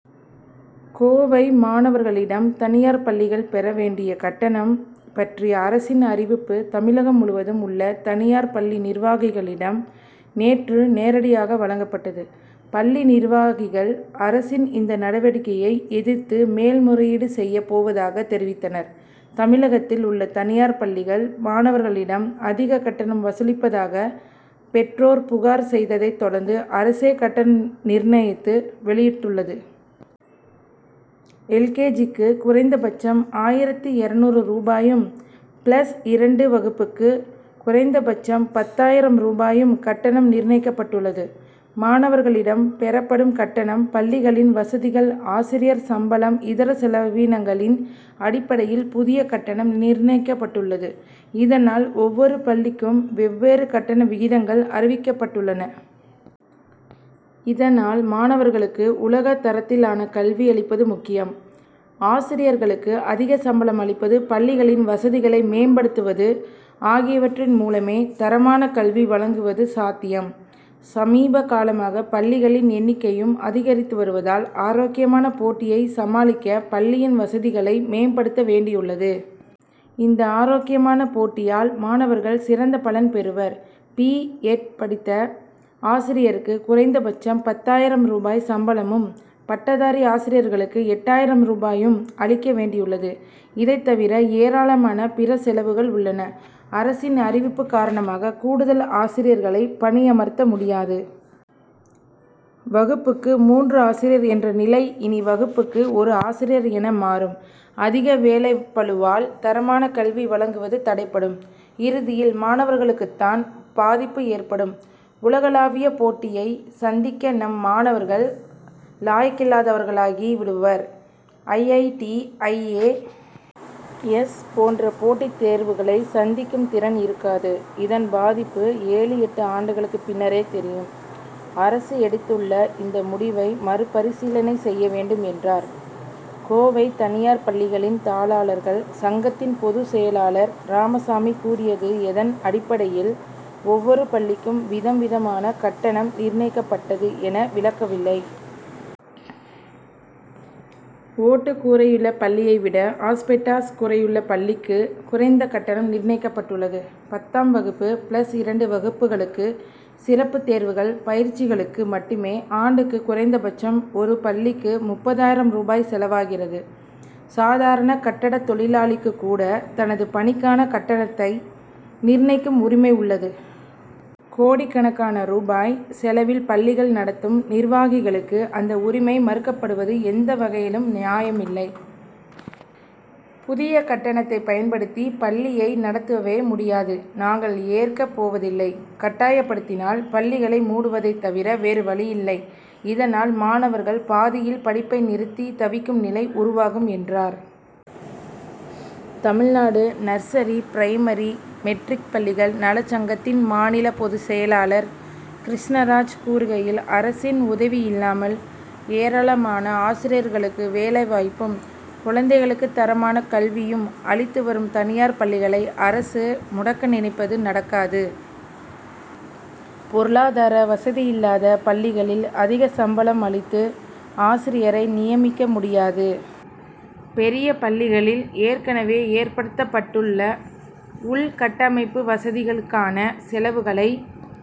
கோவை மாணவர்களிடம் தனியார் பள்ளிகள் பெற வேண்டிய கட்டணம் பற்றிய அரசின் அறிவிப்பு தமிழகம் முழுவதும் உள்ள தனியார் பள்ளி நிர்வாகிகளிடம் நேற்று நேரடியாக வழங்கப்பட்டது. பள்ளி நிர்வாகிகள் அரசின் இந்த நடவடிக்கையை எதிர்த்து மேல் முறையீடு செய்யப் போவதாக தெரிவித்தனர். தமிழகத்தில் உள்ள தனியார் பள்ளிகள் மாணவர்களிடம் அதிக கட்டணம் வசூலிப்பதாக பெற்றோர் புகார் செய்ததை தொடர்ந்து அரசே கட்டணம் நிர்ணயித்து வெளியிட்டுள்ளது. எல். கே. ஜி.க்கு குறைந்தபட்சம் ஆயிரத்து இருநூறு ரூபாயும் பிளஸ் இரண்டு வகுப்புக்கு குறைந்தபட்சம் பத்தாயிரம் ரூபாயும் கட்டணம் நிர்ணயிக்கப்பட்டுள்ளது. மாணவர்களிடம் பெறப்படும் கட்டணம் பள்ளிகளின் வசதிகள் ஆசிரியர் சம்பளம் இதர செலவீனங்களின் அடிப்படையில் புதிய கட்டணம் நிர்ணயிக்கப்பட்டுள்ளது. இதனால் ஒவ்வொரு பள்ளிக்கும் வெவ்வேறு கட்டண விகிதங்கள் அறிவிக்கப்பட்டுள்ளன. இதனால் மாணவர்களுக்கு உலக தரத்தினாலான கல்வி அளிப்பது முக்கியம். ஆசிரியர்களுக்கு அதிக சம்பளம் அளிப்பது பள்ளிகளின் வசதிகளை மேம்படுத்துவது ஆகியவற்றின் மூலமே தரமான கல்வி வழங்குவது சாத்தியம். சமீப காலமாக பள்ளிகளின் எண்ணிக்கையும் அதிகரித்து வருவதால் ஆரோக்கியமான போட்டியை சமாளிக்க பள்ளியின் வசதிகளை மேம்படுத்த வேண்டியதுள்ளது. இந்த ஆரோக்கியமான போட்டியால் மாணவர்கள் சிறந்த பலன் பெறுவர். பி. எட். படித்த ஆசிரியருக்கு குறைந்தபட்சம் பத்தாயிரம் ரூபாய் சம்பளமும் பட்டதாரி ஆசிரியர்களுக்கு எட்டாயிரம் ரூபாயும் அளிக்க வேண்டியதுள்ளது. இதை தவிர ஏராளமான பிற செலவுகள் உள்ளன. அரசின் அறிவிப்பு காரணமாக கூடுதல் ஆசிரியர்களை பணியமர்த்த முடியாது. வகுப்புக்கு மூன்று ஆசிரியர் என்ற நிலை இனி வகுப்புக்கு ஒரு ஆசிரியர் என மாறும். அதிக வேலைப்பளுவால் தரமான கல்வி வழங்குவது தடைபடும். இறுதியில் மாணவர்களுக்குதான் பாதிப்பு ஏற்படும். உலகளாவிய போட்டியை சந்திக்க நம் மாணவர்கள் லாயக்கில்லாதவர்களாகி விடுவர். I. I. T. I. A. S. போன்ற போட்டித் தேர்வுகளை சந்திக்கும் திறன் இருக்காது. இதன் பாதிப்பு ஏழு எட்டு ஆண்டுகளுக்கு பின்னரே தெரியும். அரசு எடுத்துள்ள இந்த முடிவை மறு பரிசீலனை செய்ய வேண்டும் என்றார். கோவை தனியார் பள்ளிகளின் தாளாளர்கள் சங்கத்தின் பொதுச் செயலாளர் ராமசாமி கூறியது எதன் அடிப்படையில் ஒவ்வொரு பள்ளிக்கும் விதம் விதமான கட்டணம் நிர்ணயிக்கப்பட்டது என விளக்கவில்லை. ஓட்டுக் கூரையுள்ள பள்ளியை விட ஆஸ்பெஸ்டாஸ் கூரையுள்ள பள்ளிக்கு குறைந்த கட்டணம் நிர்ணயிக்கப்பட்டுள்ளது. பத்தாம் வகுப்பு பிளஸ் இரண்டு வகுப்புகளுக்கு சிறப்பு தேர்வுகள் பயிற்சிகளுக்கு மட்டுமே ஆண்டுக்கு குறைந்தபட்சம் ஒரு பள்ளிக்கு முப்பதாயிரம் ரூபாய் செலவாகிறது. சாதாரண கட்டடத் தொழிலாளிக்கு கூட தனது பணிக்கான கட்டணத்தை நிர்ணயிக்கும் உரிமை உள்ளது. கோடிக்கணக்கான ரூபாய் செலவில் பள்ளிகள் நடத்தும் நிர்வாகிகளுக்கு அந்த உரிமை மறுக்கப்படுவது எந்தவகையிலும் நியாயமில்லை. புதிய கட்டணத்தை பயன்படுத்தி பள்ளியை நடத்தவே முடியாது. நாங்கள் ஏற்கப் போவதில்லை. கட்டாயப்படுத்தினால் பள்ளிகளை மூடுவதைத் தவிர வேறு வழியில்லை. இதனால் மாணவர்கள் பாதியில் படிப்பை நிறுத்தி தவிக்கும் நிலை உருவாகும் என்றார். தமிழ்நாடு நர்சரி பிரைமரி மெட்ரிக் பள்ளிகள் நலச்சங்கத்தின் மாநில பொதுச் செயலாளர் கிருஷ்ணராஜ் கூறுகையில் அரசின் உதவி இல்லாமல் ஏராளமான ஆசிரியர்களுக்கு வேலை வாய்ப்பும் குழந்தைகளுக்கு தரமான கல்வியும் அளித்து வரும் தனியார் பள்ளிகளை அரசு முடக்க நினைப்பது நடக்காது. பொருளாதார வசதியில்லாத பள்ளிகளில் அதிக சம்பளம் அளித்து ஆசிரியரை நியமிக்க முடியாது. பெரிய பள்ளிகளில் ஏற்கனவே ஏற்படுத்தப்பட்டுள்ள உள்கட்டமைப்பு வசதிகளுக்கான செலவுகளை